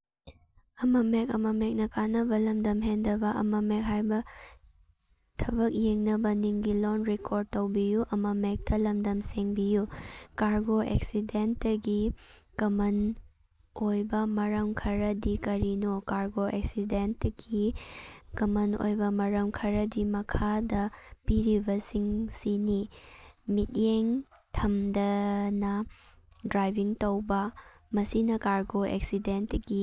Cargo ꯑꯦꯛꯁꯤꯗꯦꯟꯇꯀꯤ common ꯑꯣꯏꯕ ꯃꯔꯝ ꯈꯔꯗꯤ ꯀꯔꯤꯅꯣ? ꯀꯥꯔꯒꯣ ꯑꯦꯛꯁꯤꯗꯦꯟꯇꯀꯤ ꯀꯃꯟ ꯑꯣꯏꯕ ꯃꯔꯝ ꯈꯔꯗꯤ ꯃꯈꯥꯗ ꯄꯤꯔꯤꯕꯁꯤꯡꯁꯤꯅꯤ: ꯃꯤꯠꯌꯦꯡ ꯊꯝꯗꯅ ꯗ꯭ꯔꯥꯏꯚꯤꯡ ꯇꯧꯕ: ꯃꯁꯤꯅ ꯀꯥꯔꯒꯣ ꯑꯦꯛꯁꯤꯗꯦꯟꯇꯀꯤ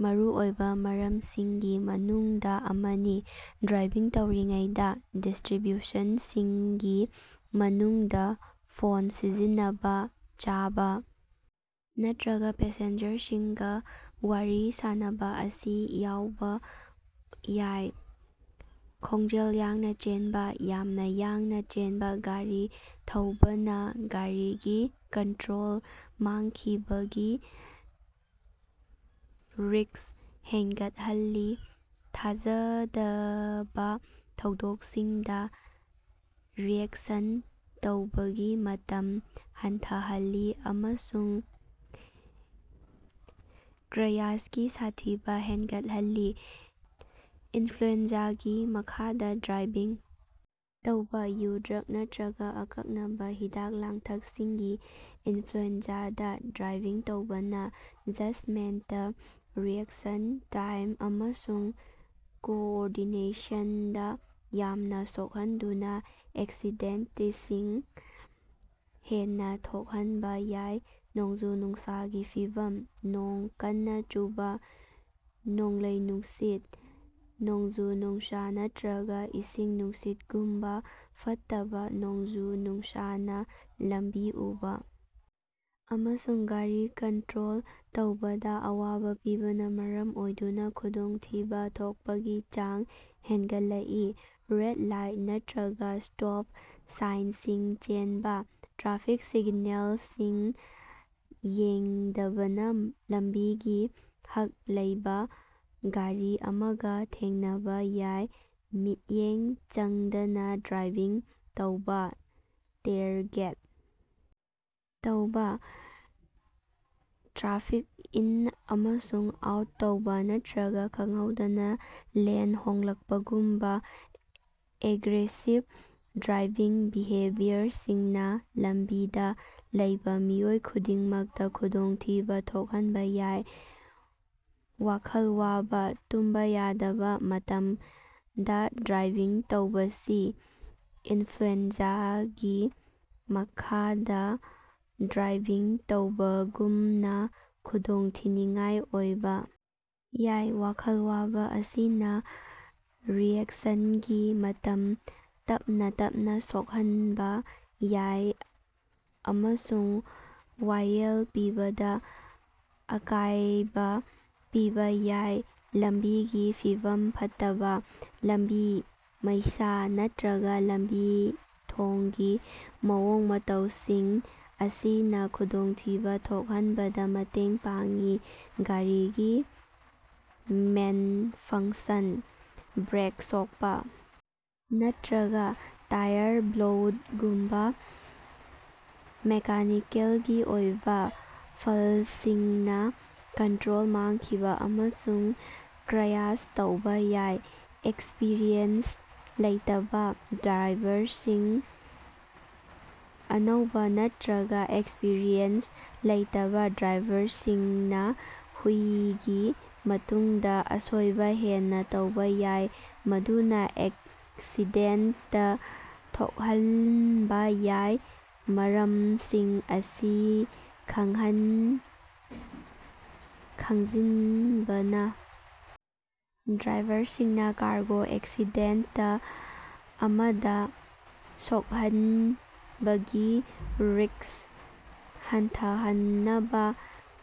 ꯃꯔꯨꯑꯣꯏꯕ ꯃꯔꯝꯁꯤꯡꯒꯤ ꯃꯅꯨꯡꯗ ꯑꯃꯅꯤ꯫ ꯗ꯭ꯔꯥꯏꯚꯤꯡ ꯇꯧꯔꯤꯉꯩꯗ ꯗꯤꯁꯇ꯭ꯔꯤꯕ꯭ꯌꯨꯁꯟꯁꯤꯡꯒꯤ ꯃꯅꯨꯡꯗ ꯐꯣꯟ ꯁꯤꯖꯤꯟꯅꯕ, ꯆꯥꯕ ꯅꯠꯇ꯭ꯔꯒ ꯄꯦꯁꯦꯟꯖꯔꯁꯤꯡꯒ ꯋꯥꯔꯤ ꯁꯥꯅꯕ ꯑꯁꯤ ꯌꯥꯎꯕ ꯌꯥꯏ꯫ ꯈꯣꯡꯖꯦꯜ ꯌꯥꯡꯅ ꯆꯦꯟꯕ: ꯌꯥꯝꯅ ꯌꯥꯡꯅ ꯆꯦꯟꯕ ꯒꯥꯔꯤ ꯊꯧꯕꯅ ꯒꯥꯔꯤꯒꯤ ꯀꯟꯇ꯭ꯔꯣꯜ ꯃꯥꯡꯈꯤꯕꯒꯤ ꯔꯤꯁ꯭ꯛ ꯍꯦꯟꯒꯠꯍꯜꯂꯤ, ꯊꯥꯖꯗꯕ ꯊꯧꯗꯣꯛꯁꯤꯡꯗ ꯔꯤꯑꯦꯛꯁꯟ ꯇꯧꯕꯒꯤ ꯃꯇꯝ ꯍꯟꯊꯍꯜꯂꯤ ꯑꯃꯁꯨꯡ ꯀ꯭ꯔꯌꯥꯁꯀꯤ ꯁꯥꯊꯤꯕ ꯍꯦꯟꯒꯠꯍꯜꯂꯤ꯫ ꯏꯟꯐ꯭ꯂꯨꯑꯦꯟꯖꯥꯒꯤ ꯃꯈꯥꯗ ꯗ꯭ꯔꯥꯏꯚꯤꯡ ꯇꯧꯕꯥ: ꯌꯨ, ꯗ꯭ꯔꯒ ꯅꯠꯇ꯭ꯔꯒ ꯑꯀꯛꯅꯕ ꯍꯤꯗꯥꯛ-ꯂꯥꯡꯊꯛꯁꯤꯡꯒꯤ ꯏꯟꯐ꯭ꯂꯨꯑꯦꯟꯖꯥꯗ ꯗ꯭ꯔꯥꯏꯚꯤꯡ ꯇꯧꯕꯅ ꯖꯖꯃꯦꯟꯇ, ꯔꯤꯑꯦꯛꯁꯟ ꯇꯥꯏꯝ ꯑꯃꯁꯨꯡ ꯀꯣꯑꯣꯔꯗꯤꯅꯦꯁꯟꯗ ꯌꯥꯝꯅ ꯁꯣꯛꯍꯟꯗꯨꯅ ꯑꯦꯛꯁꯤꯗꯦꯟꯇꯁꯤꯡ ꯍꯦꯟꯅ ꯊꯣꯛꯍꯟꯕ ꯌꯥꯏ꯫ ꯅꯣꯡꯖꯨ-ꯅꯨꯡꯁꯥꯒꯤ ꯐꯤꯚꯝ: ꯅꯣꯡ ꯀꯟꯅ ꯆꯨꯕ, ꯅꯣꯡꯂꯩ-ꯅꯨꯡꯁꯤꯠ, ꯅꯣꯡꯖꯨ-ꯅꯨꯡꯁꯥ, ꯅꯠꯇ꯭ꯔꯒ ꯏꯁꯤꯡ-ꯅꯨꯡꯁꯤꯠꯒꯨꯝꯕ ꯐꯠꯇꯕ ꯅꯣꯡꯖꯨ-ꯅꯨꯡꯁꯥꯅ ꯂꯝꯕꯤ ꯎꯕ ꯑꯃꯁꯨꯡ ꯒꯥꯔꯤ ꯀꯟꯇ꯭ꯔꯣꯜ ꯇꯧꯕꯗ ꯑꯋꯥꯕ ꯄꯤꯕꯅ ꯃꯔꯝ ꯑꯣꯏꯗꯨꯅ ꯈꯨꯗꯣꯡꯊꯤꯕ ꯊꯣꯛꯄꯒꯤ ꯆꯥꯡ ꯍꯦꯟꯒꯠꯂꯛꯏ꯫ ꯔꯦꯗ ꯂꯥꯏꯠ ꯅꯠꯇ꯭ꯔꯒ ꯁ꯭ꯇꯣꯞ ꯁꯥꯏꯟꯁꯤꯡ ꯆꯦꯟꯕ: ꯇ꯭ꯔꯥꯐꯤꯛ ꯁꯤꯒꯅꯦꯜꯁꯤꯡ ꯌꯦꯡꯗꯕꯅ ꯂꯝꯕꯤꯒꯤ ꯍꯛ ꯂꯩꯕ ꯒꯥꯔꯤ ꯑꯃꯒ ꯊꯦꯡꯅꯕ ꯌꯥꯏ꯫ ꯃꯤꯠꯌꯦꯡ ꯆꯪꯗꯅ ꯗ꯭ꯔꯥꯏꯚꯤꯡ ꯇꯧꯕ: ꯇꯦꯔꯒꯦꯠ ꯇꯧꯕ, ꯇ꯭ꯔꯥꯐꯤꯛ ꯏꯟ ꯑꯃꯁꯨꯡ ꯑꯥꯎꯠ ꯇꯧꯕ ꯅꯠꯇ꯭ꯔꯒ ꯈꯪꯍꯧꯗꯅ ꯂꯦꯟ ꯍꯣꯡꯂꯛꯄꯒꯨꯝꯕ ꯑꯦꯒ꯭ꯔꯦꯁꯤꯚ ꯗ꯭ꯔꯥꯏꯚꯤꯡ ꯕꯤꯍꯦꯕꯤꯌꯔꯁꯤꯡꯅ ꯂꯝꯕꯤꯗ ꯂꯩꯕ ꯃꯤꯑꯣꯏ ꯈꯨꯗꯤꯡꯃꯛꯇ ꯈꯨꯗꯣꯡꯊꯤꯕ ꯊꯣꯛꯍꯟꯕ ꯌꯥꯏ꯫ ꯋꯥꯈꯜ ꯋꯥꯕ: ꯇꯨꯝꯕ ꯌꯥꯗꯕ ꯃꯇꯝꯗ ꯗ꯭ꯔꯥꯏꯚꯤꯡ ꯇꯧꯕꯁꯤ ꯏꯟꯐ꯭ꯂꯨꯑꯦꯟꯖꯥꯒꯤ ꯃꯈꯥꯗ ꯗ꯭ꯔꯥꯏꯚꯤꯡ ꯇꯧꯕꯒꯨꯝꯅ ꯈꯨꯗꯣꯡꯊꯤꯅꯤꯉꯥꯏ ꯑꯣꯏꯕ ꯌꯥꯏ꯫ ꯋꯥꯈꯜ ꯋꯥꯕ ꯑꯁꯤꯅ ꯔꯤꯑꯦꯛꯁꯟꯒꯤ ꯃꯇꯝ ꯇꯞꯅ ꯇꯞꯅ ꯁꯣꯛꯍꯟꯕ ꯌꯥꯏ ꯑꯃꯁꯨꯡ ꯋꯥꯌꯦꯜ ꯄꯤꯕꯗ ꯑꯀꯥꯌꯕ ꯄꯤꯕ ꯌꯥꯏ꯫ ꯂꯝꯕꯤꯒꯤ ꯐꯤꯚꯝ ꯐꯠꯇꯕ: ꯂꯝꯕꯤ, ꯃꯩꯁꯥ, ꯅꯠꯇ꯭ꯔꯒꯥ ꯂꯝꯕꯤ-ꯊꯣꯡꯒꯤ ꯃꯑꯣꯡ-ꯃꯇꯧꯁꯤꯡ ꯑꯁꯤꯅ ꯈꯨꯗꯣꯡꯊꯤꯕ ꯊꯣꯛꯍꯟꯕꯗ ꯃꯇꯦꯡ ꯄꯥꯡꯏ꯫ ꯒꯥꯔꯤꯒꯤ ꯃꯦꯟꯐꯪꯁꯟ: ꯕ꯭ꯔꯦꯛ ꯁꯣꯛꯄ ꯅꯠꯇ꯭ꯔꯒ ꯇꯌꯥꯔ ꯕ꯭ꯂꯣꯎꯠꯒꯨꯝꯕ ꯃꯦꯀꯥꯅꯤꯀꯦꯜꯒꯤ ꯑꯣꯏꯕ ꯐꯜꯁꯤꯡꯅ ꯀꯟꯇ꯭ꯔꯣꯜ ꯃꯥꯡꯈꯤꯕ ꯑꯃꯁꯨꯡ ꯀ꯭ꯔꯌꯥꯁ ꯇꯧꯕ ꯌꯥꯏ꯫ ꯑꯦꯛꯁꯄꯤꯔꯤꯑꯦꯟꯁ ꯂꯩꯇꯕ ꯗ꯭ꯔꯥꯏꯚꯔꯁꯤꯡ: ꯑꯅꯧꯕ ꯅꯠꯇ꯭ꯔꯒ ꯑꯦꯛꯁꯄꯤꯔꯤꯑꯦꯟꯁ ꯂꯩꯇꯕ ꯗ꯭ꯔꯥꯏꯚꯔꯁꯤꯡꯅ ꯍꯨꯏꯒꯤ ꯃꯇꯨꯡꯗ ꯑꯁꯣꯏꯕ ꯍꯦꯟꯅ ꯇꯧꯕ ꯌꯥꯏ ꯃꯗꯨꯅ ꯑꯦꯛꯁꯤꯗꯦꯟꯇ ꯊꯣꯜꯍꯟꯕ ꯌꯥꯏ꯫ ꯃꯔꯝꯁꯤꯡ ꯑꯁꯤ ꯈꯪꯍꯟ ꯈꯪꯖꯤꯟꯕꯅ ꯗ꯭ꯔꯥꯏꯚꯔꯁꯤꯡꯅ ꯀꯥꯔꯒꯣ ꯑꯦꯛꯁꯤꯗꯦꯟꯇ ꯑꯃꯗ ꯁꯣꯛꯍꯟꯕꯒꯤ ꯔꯤꯁ꯭ꯛ ꯍꯟꯊꯍꯟꯅꯕ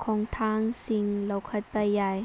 ꯈꯣꯡꯊꯥꯡꯁꯤꯡ ꯂꯧꯈꯠꯄ ꯌꯥꯏ꯫